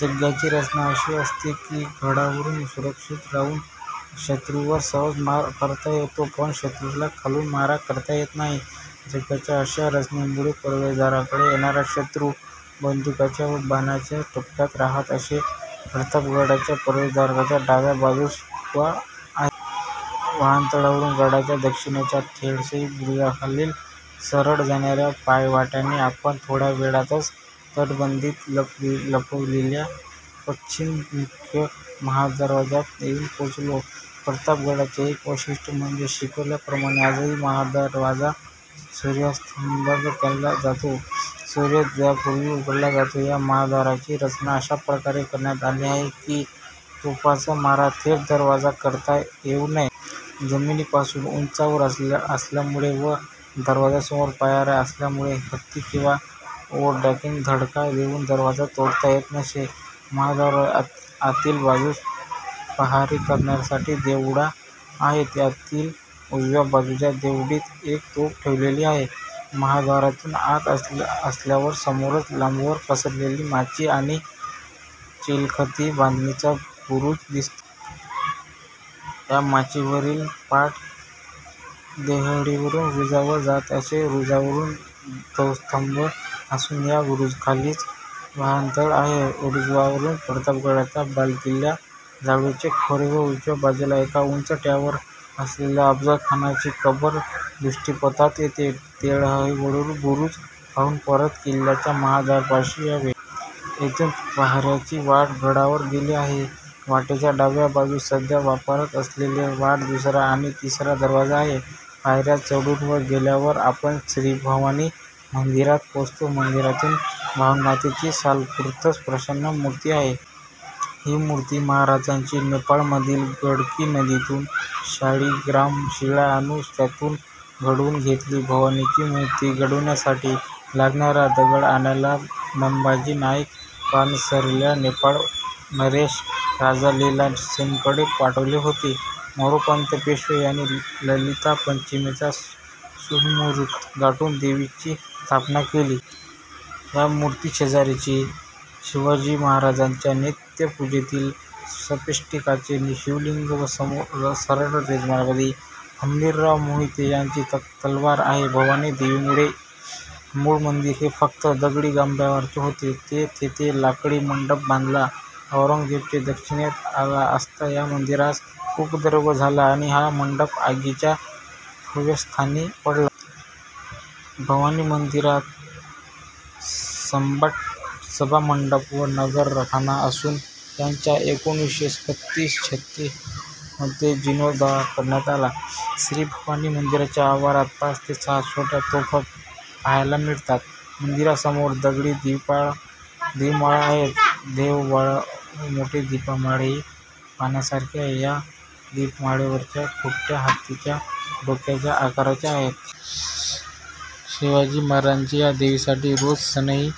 जंग्यांची रचना अशी असते की, गडावरून सुरक्षित राहून शत्रूवर सहज मारा करता येतो, पण शत्रूला खालून मारा करता येत नाही. जंग्यांच्या अशा रचनेमुळे प्रवेशद्वाराकडे येणारा शत्रु, बंदुकीच्या व बाणांच्या टप्प्यात रहात असे. प्रतापगडाच्या प्रवेशव्दाराच्या डाव्या बाजूस गुहा आहे. वाहनतळावरून गडाच्या दक्षिणेच्या टेहळणी बुरुजाखालून सरळ जाणाऱ्या पायवाटेने आपण थोड्या वेळातच तटबंदीत लपविलेल्या पश्चिमाभिमुख महादरवाज्यात येऊन पोहोचतो. प्रतापगडाचे एक वैशिष्ट्य म्हणजे शिवकालाप्रमाणे आजही महादरवाजा सूर्यास्तानंतर बंद केला जातो व सूर्योदयापूर्वी उघडला जातो. या महाद्वाराची रचना अशा प्रकारे करण्यात आली आहे की, तोफांचा मारा थेट दरवाजावर करता येऊ नये. जमिनीपासून उंचावर असल्यामुळे व दरवाजासमोर पायऱ्या असल्याने हत्ती किंवा ओंडक्यांनी धडका देवून दरवाजा तोडता येत नसे. महाद्वाराच्या आतील बाजूस पहारेकऱ्यासाठी देवड्या आहेत. यातील उजव्या बाजूच्या देवडीत एक तोफ ठेवलेली आहे. महाद्वारातून आत आल्यावर समोरच लांबवर पसरलेली माची आणि चिलखती बांधणीचा बुरूज दिसतो. या माचीवरील वाट टेहळणी बूरुजावर जाते. या बुरुजावर ध्वजस्तंभ असुन या बुरुजाखालीच वहानतळ आहे. बुरुजावरून प्रतापगडाचा बालेकिल्ला, जावळीचे खोरे व उजव्या बाजूला एका उंचवट्यावर असलेली अफजलखानाची कबर दृष्टीपथात येते. टेहळणी बुरुज पाहून परत किल्ल्याच्या महाद्वारापाशी यावे. येथून पायऱ्याची वाट गडावर गेली आहे. या वाटेच्या डाव्या बाजूस सध्या वापरात नसलेली वाट, दूसरा आणि तिसरा दरवाजा आहे. पायऱ्या चढून वर गेल्यावर आपण श्रीभवानी मंदिरात पोहोचतो. मंदिरात भवानीमातेची सालंकृत प्रसन्न मूर्ती आहे. ही मूर्ती महाराजांनी नेपाळमधील गंडकी नदीतून शाळीग्राम शिळा आणून त्यातून घडवून घेतली. भवानीची मूर्ती घडवण्यासाठी लागणारा दगड आणायला मंबाजी नाईक पानसरेला नेपाळ नरेश राजा लीलासेनकडे पाठवले होते. मोरोपंत पेशवे याने ललिता पंचमीचा सुमुहूर्त गाठून देवीची स्थापना केली. या मूर्तीशेजारीच शिवाजी महाराजांच्या नित्य पूजेतील स्फटिकाचे शिवलिंग व सरसेनापती हंबीरराव मोहिते यांची तलवार आहे. भवानी देवीचे मूळ मंदिर हे फक्त दगडी गाभाऱ्याचे होते. स. तेथे लाकडी मंडप बांधला. औरंगजेब दक्षिणेत आला असता या मंदिरास उपद्रव झाला आणि हा मंडप आगीच्या भक्ष्यस्थानी पडला. भवानीमंदिरात सभामंडप व नगारखाना असुन यांचा एकोणीसशे पस्तीस मध्ये जिर्णोद्धार करण्यात आला. श्रीभवानी मंदिराच्या आवारात पाच ते सहा छोट्या तोफा पाहायला मिळतात. मंदिरासमोर दगडी दिपमाळा आहेत. देवळाबाहेर मोठी दीपमाळही पाहण्यासारखी आहे. ह्या दीपमाळेवरच्या खुंट्या हत्तीच्या डोक्याच्या आकाराच्या आहेत. शिवाजी महाराजांनी या देवीसाठी रोज सनई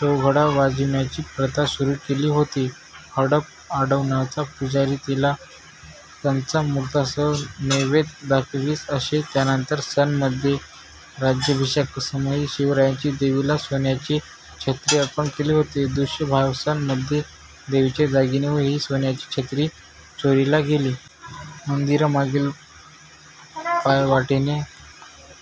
चौघडा वाजविण्याची प्रथा सुरू केली होती. हडप आडनावाचा पुजारी तिला पंचामृतासह नैवेद्य दाखवीत असे. त्यानंतर सन मध्ये राज्याभिषेकासमयी शिवरायांनी देवीला सोन्याची छत्री अर्पण केली होती. दुर्भाग्यवश सन मध्ये देवीचे दागिने व ही सोन्याची छत्री चोरीला गेली. मंदिरामागील पायवाटेने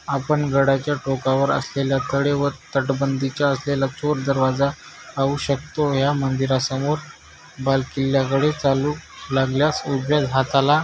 आपण गडाच्या टोकावर असलेल्या तळे व तटबंदीत असलेला चोर दरवाजा पाहू शकतो. ह्या मंदिरासमोरून बालेकिल्ल्याकडे चालू लागल्यास उजव्या हाताला